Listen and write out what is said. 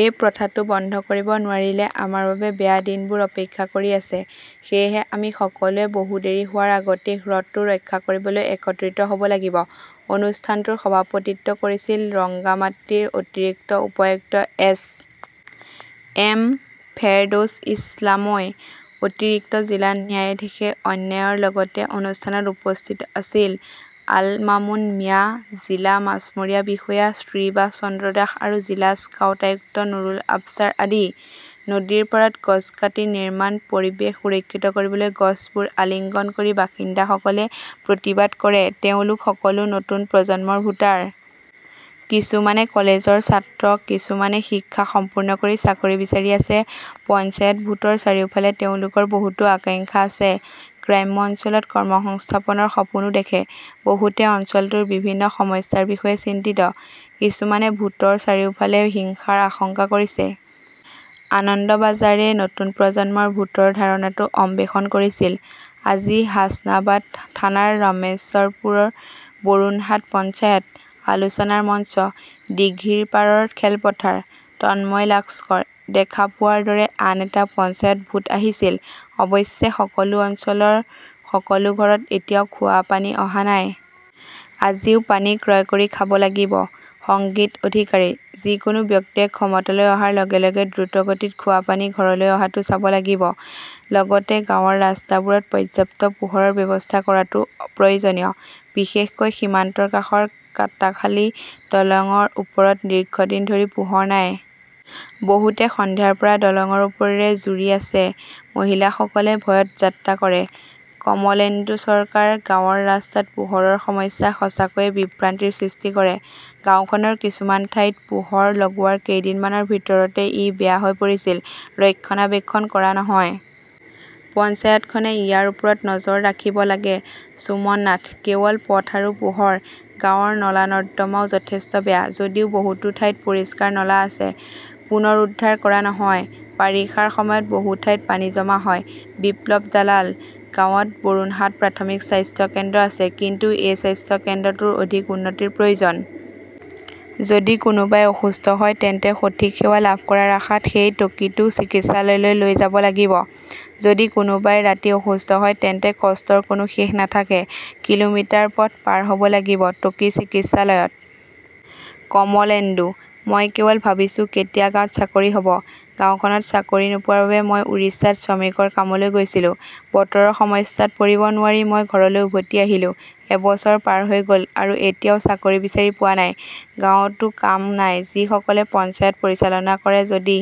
এই প্ৰথাটো বন্ধ কৰিব নোৱাৰিলে আমাৰ বাবে বেয়া দিনবোৰ অপেক্ষা কৰি আছে। সেয়েহে আমি সকলোৱে বহু দেৰি হোৱাৰ আগতেই হ্ৰদটো ৰক্ষা কৰিবলৈ একত্ৰিত হ "ব লাগিব। "অনুষ্ঠানটোৰ সভাপতিত্ব কৰিছিল ৰংগামাটীৰ অতিৰিক্ত উপ-আয়ুক্ত এছ. এম. ফেৰদৌছ ইছলামই। অতিৰিক্ত জিলা ন্যায়াধীশে অন্যান্যৰ লগতে অনুষ্ঠানত উপস্থিত আছিল। আল মামুন মিয়া, জিলা মাছমৰীয়া বিষয়া শ্ৰীবাস চন্দ্ৰ দাস আৰু জিলা স্কাউট আয়ুক্ত নুৰুল আবছাৰ আদি। নদীৰ পাৰত গছ কাটি নিৰ্মাণ, পৰিৱেশ সুৰক্ষিত কৰিবলৈ গছবোৰ আলিঙ্গন কৰি বাসিন্দাসকলে প্ৰতিবাদ কৰে তেওঁলোক সকলো নতুন প্ৰজন্মৰ ভোটাৰ। কিছুমানে কলেজৰ ছাত্ৰ, কিছুমানে শিক্ষা সম্পূৰ্ণ কৰি চাকৰি বিচাৰি আছে। পঞ্চায়ত ভোটৰ চাৰিওফালে তেওঁলোকৰ বহুতো আকাংক্ষা আছে। গ্ৰাম্য অঞ্চলত কৰ্মসংস্থাপনৰ সপোনও দেখে। বহুতে অঞ্চলটোৰ বিভিন্ন সমস্যাৰ বিষয়ে চিন্তিত। কিছুমানে ভোটৰ চাৰিওফালে হিংসাৰ আশংকা কৰিছে। আনন্দবাজাৰে নতুন প্ৰজন্মৰ ভোটৰ ধাৰণাটো অন্বেষণ কৰিছিল। আজি হাচনাবাদ থানাৰ ৰামেশ্বৰপুৰ বৰুণহাট পঞ্চায়ত। আলোচনাৰ মঞ্চ, দিঘিৰপাৰৰ খেলপথাৰ। তন্ময় লাস্কৰঃ দেখা পোৱাৰ দৰে আন এটা পঞ্চায়ত ভোট আহিছিল। অৱশ্যে, সকলো অঞ্চলৰ সকলো ঘৰত এতিয়াও খোৱা পানী অহা নাই। আজিও পানী ক্ৰয় কৰি খাব লাগিব। সংগীত অধিকাৰীঃ যিকোনো ব্যক্তিয়ে ক্ষমতালৈ অহাৰ লগে লগে দ্ৰুতগতিত খোৱা পানী ঘৰলৈ অহাটো চাব লাগিব। লগতে গাঁৱৰ ৰাস্তাবোৰত পৰ্যাপ্ত পোহৰৰ ব্যৱস্থা কৰাটোও প্ৰয়োজনীয়। বিশেষকৈ সীমান্তৰ কাষৰ কাটাখালি দলংৰ ওপৰত দীৰ্ঘদিন ধৰি পোহৰ নাই। বহুতে সন্ধিয়াৰ পৰা দলংৰ ওপৰেৰে জুৰি আছে। মহিলাসকলে ভয়ত যাত্ৰা কৰে। কমলেন্দু চৰকাৰঃ গাঁৱৰ ৰাস্তাত পোহৰৰ সমস্যাই সঁচাকৈয়ে বিভ্ৰান্তিৰ সৃষ্টি কৰে। গাওঁখনৰ কিছুমান ঠাইত পোহৰ লগোৱাৰ কেইদিনমানৰ ভিতৰতে ই বেয়া হৈ পৰিছিল। ৰক্ষণাবেক্ষণ কৰা নহয়। পঞ্চায়তখনে ইয়াৰ ওপৰত নজৰ ৰাখিব লাগে। সুমন নাথঃ কেৱল পথ আৰু পোহৰ, গাঁৱৰ নলা-নৰ্দমাও যথেষ্ট বেয়া। যদিও বহুতো ঠাইত পৰিষ্কাৰ নলা আছে, পুনৰুদ্ধাৰ কৰা নহয়। বাৰিষাৰ সময়ত বহু ঠাইত পানী জমা হয়। বিপ্লৱ দলালঃ গাঁৱত বৰুণহাট প্ৰাথমিক স্বাস্থ্য কেন্দ্ৰ আছে, কিন্তু এই স্বাস্থ্য কেন্দ্ৰটোৰ অধিক উন্নতিৰ প্ৰয়োজন। যদি কোনোবাই অসুস্থ হয় তেন্তে সঠিক সেৱা লাভ কৰাৰ আশাত সেই টকীটো চিকিৎসালয়লৈ লৈ যাব লাগিব। যদি কোনোবাই ৰাতি অসুস্থ হয় তেন্তে কষ্টৰ কোনো শেষ নাথাকে। কিলোমিটাৰ পথ পাৰ হ "ব লাগিব টকি চিকিৎসালয়ত। কমলেন্দুঃ মই কেৱল ভাবিছোঁ কেতিয়া গাঁৱত চাকৰি হ 'ব। গাওঁখনত চাকৰি নোপোৱাৰ বাবে মই উৰিষ্যাত শ্ৰমিকৰ কামলৈ গৈছিলো। বতৰৰ সমস্যাত পৰিব নোৱাৰি মই ঘৰলৈ উভতি আহিলো। এবছৰ পাৰ হৈ গ "ল আৰু এতিয়াও চাকৰি বিচাৰি পোৱা নাই। গাঁৱতো কাম নাই। যিসকলে পঞ্চায়ত পৰিচালনা কৰে, যদি